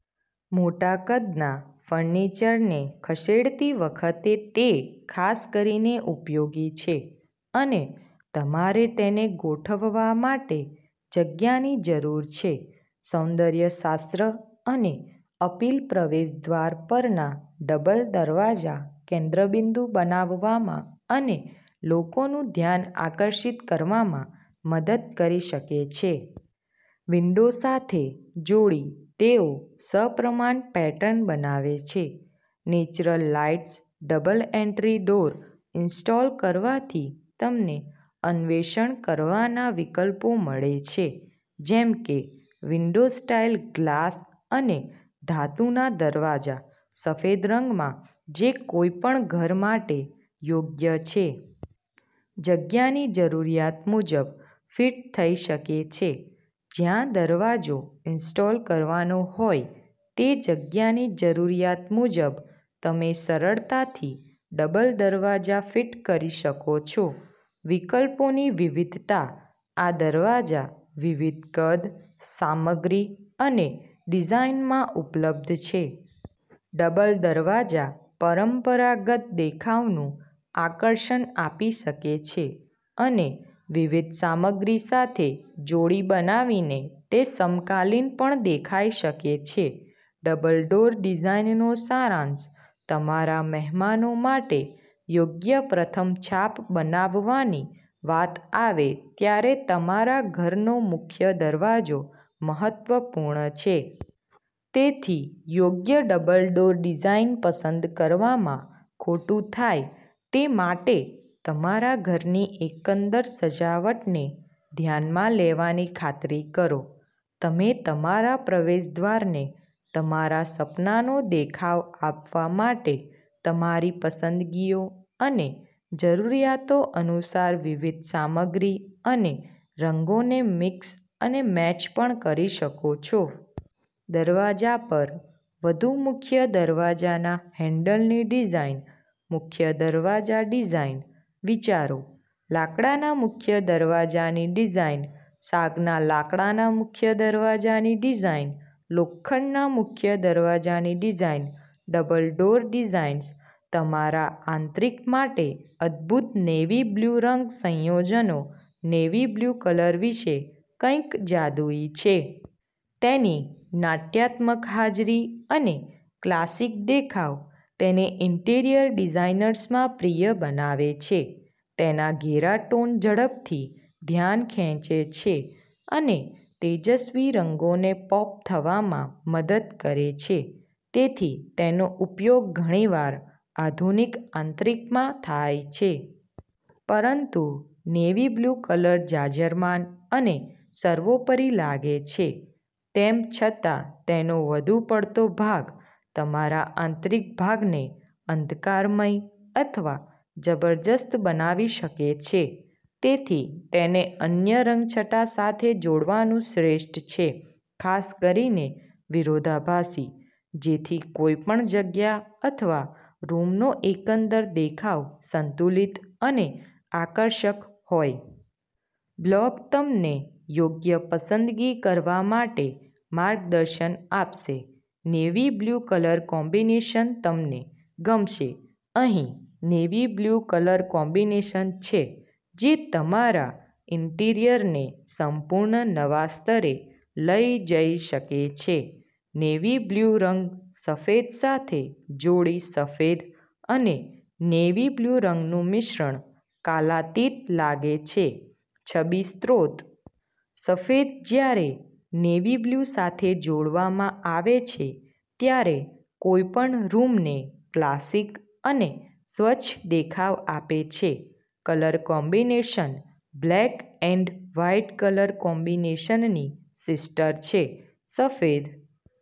મોટા કદના ફર્નિચરને ખસેડતી વખતે તે ખાસ કરીને ઉપયોગી છે, અને તમારે તેને ગોઠવવા માટે જગ્યાની જરૂર છે. સૌંદર્ય શાસ્ત્ર અને અપીલ: પ્રવેશદ્વાર પરના ડબલ દરવાજા કેન્દ્રબિંદુ બનાવવામાં અને લોકોનું ધ્યાન આકર્ષિત કરવામાં મદદ કરી શકે છે. વિન્ડો સાથે જોડી, તેઓ સપ્રમાણ પેટર્ન બનાવે છે. Natural lights double entry door install કરવાથી તમને અન્વેષણ કરવાના વિકલ્પો મળે છે, જેમ કે વિન્ડો-સ્ટાઇલ ગ્લાસ અને ધાતુના દરવાજા સફેદ રંગમાં જે કોઈપણ ઘર માટે યોગ્ય છે. જગ્યાની જરૂરિયાત મુજબ ફિટ થઈ શકે છે જ્યાં દરવાજો ઇન્સ્ટોલ કરવાનો હોય તે જગ્યાની જરૂરિયાત મુજબ તમે સરળતાથી ડબલ દરવાજા ફિટ કરી શકો છો. વિકલ્પોની વિવિધતાઆ દરવાજા વિવિધ કદ, સામગ્રી અને ડિઝાઇનમાં ઉપલબ્ધ છે. ડબલ દરવાજા પરંપરાગત દેખાવનું આકર્ષણ આપી શકે છે, અને વિવિધ સામગ્રી સાથે જોડી બનાવીને, તે સમકાલીન પણ દેખાઈ શકે છે. ડબલ ડોર ડિઝાઇનનો સારાંશ તમારા મહેમાનો માટે યોગ્ય પ્રથમ છાપ બનાવવાની વાત આવે ત્યારે તમારા ઘરનો મુખ્ય દરવાજો મહત્વપૂર્ણ છે. તેથી, યોગ્ય ડબલ ડોર ડિઝાઇન પસંદ કરવામાં ખોટુંથાય તે માટે તમારા ઘરની એકંદર સજાવટને ધ્યાનમાં લેવાની ખાતરી કરો. તમે તમારા પ્રવેશદ્વારને તમારા સપનાનો દેખાવ આપવા માટે તમારી પસંદગીઓ અને જરૂરિયાતો અનુસાર વિવિધ સામગ્રી અને રંગોને મિક્સ અને મેચ પણ કરી શકો છો. દરવાજા પર વધુ મુખ્ય દરવાજાના હેન્ડલની ડિઝાઇન મુખ્ય દરવાજા ડિઝાઇન વિચારો લાકડાના મુખ્ય દરવાજાની ડિઝાઇન સાગના લાકડાના મુખ્ય દરવાજાની ડિઝાઇન લોખંડના મુખ્ય દરવાજાની ડિઝાઇન ડબલ ડોર ડિઝાઇન્સ તમારા આંતરિક માટે અદભૂત નેવી બ્લુ રંગ સંયોજનો નેવી-બ્લુ કલર વિશે કંઈક જાદુઈ છે. તેની નાટ્યાત્મક હાજરી અને ક્લાસિક દેખાવ તેને ઇન્ટિરિયર ડિઝાઇનર્સમાં પ્રિય બનાવે છે. તેના ઘેરા ટોન ઝડપથી ધ્યાન ખેંચે છે અને તેજસ્વી રંગોને પોપ થવામાં મદદ કરે છે. તેથીતેનો ઉપયોગ ઘણીવાર આધુનિક આંતરિકમાં થાય છે. પરંતુ નેવી-બ્લુ કલર જાજરમાન અને સર્વોપરી લાગે છે, તેમ છતાં તેનો વધુ પડતો ભાગ તમારા આંતરિક ભાગને અંધકારમય અથવા જબરજસ્ત બનાવી શકે છે. તેથી, તેને અન્ય રંગછટા સાથે જોડવાનું શ્રેષ્ઠ છે, ખાસ કરીને વિરોધાભાસી, જેથી કોઈપણ જગ્યા અથવા રૂમનો એકંદર દેખાવ સંતુલિત અને આકર્ષક હોય. બ્લોગ તમને યોગ્ય પસંદગી કરવા માટે માર્ગદર્શન આપશે. નેવી-બ્લુ કલર કોમ્બિનેશન તમને ગમશે અહીં નેવી-બ્લુ કલર કોમ્બિનેશન છે જે તમારા ઈન્ટિરિયરને સંપૂર્ણ નવા સ્તરે લઈ જઈ શકે છે. નેવી-બ્લુ રંગ સફેદ સાથે જોડીસફેદ અને નેવી-બ્લુ રંગનું મિશ્રણ કાલાતીત લાગે છે છબી સ્ત્રોત. સફેદ, જ્યારે નેવી-બ્લુ સાથે જોડવામાં આવે છે, ત્યારે કોઈપણ રૂમને ક્લાસિક અને સ્વચ્છ દેખાવ આપે છે. Colour combination black and white colour કોમ્બિનેશનની સિસ્ટર છે. સફેદ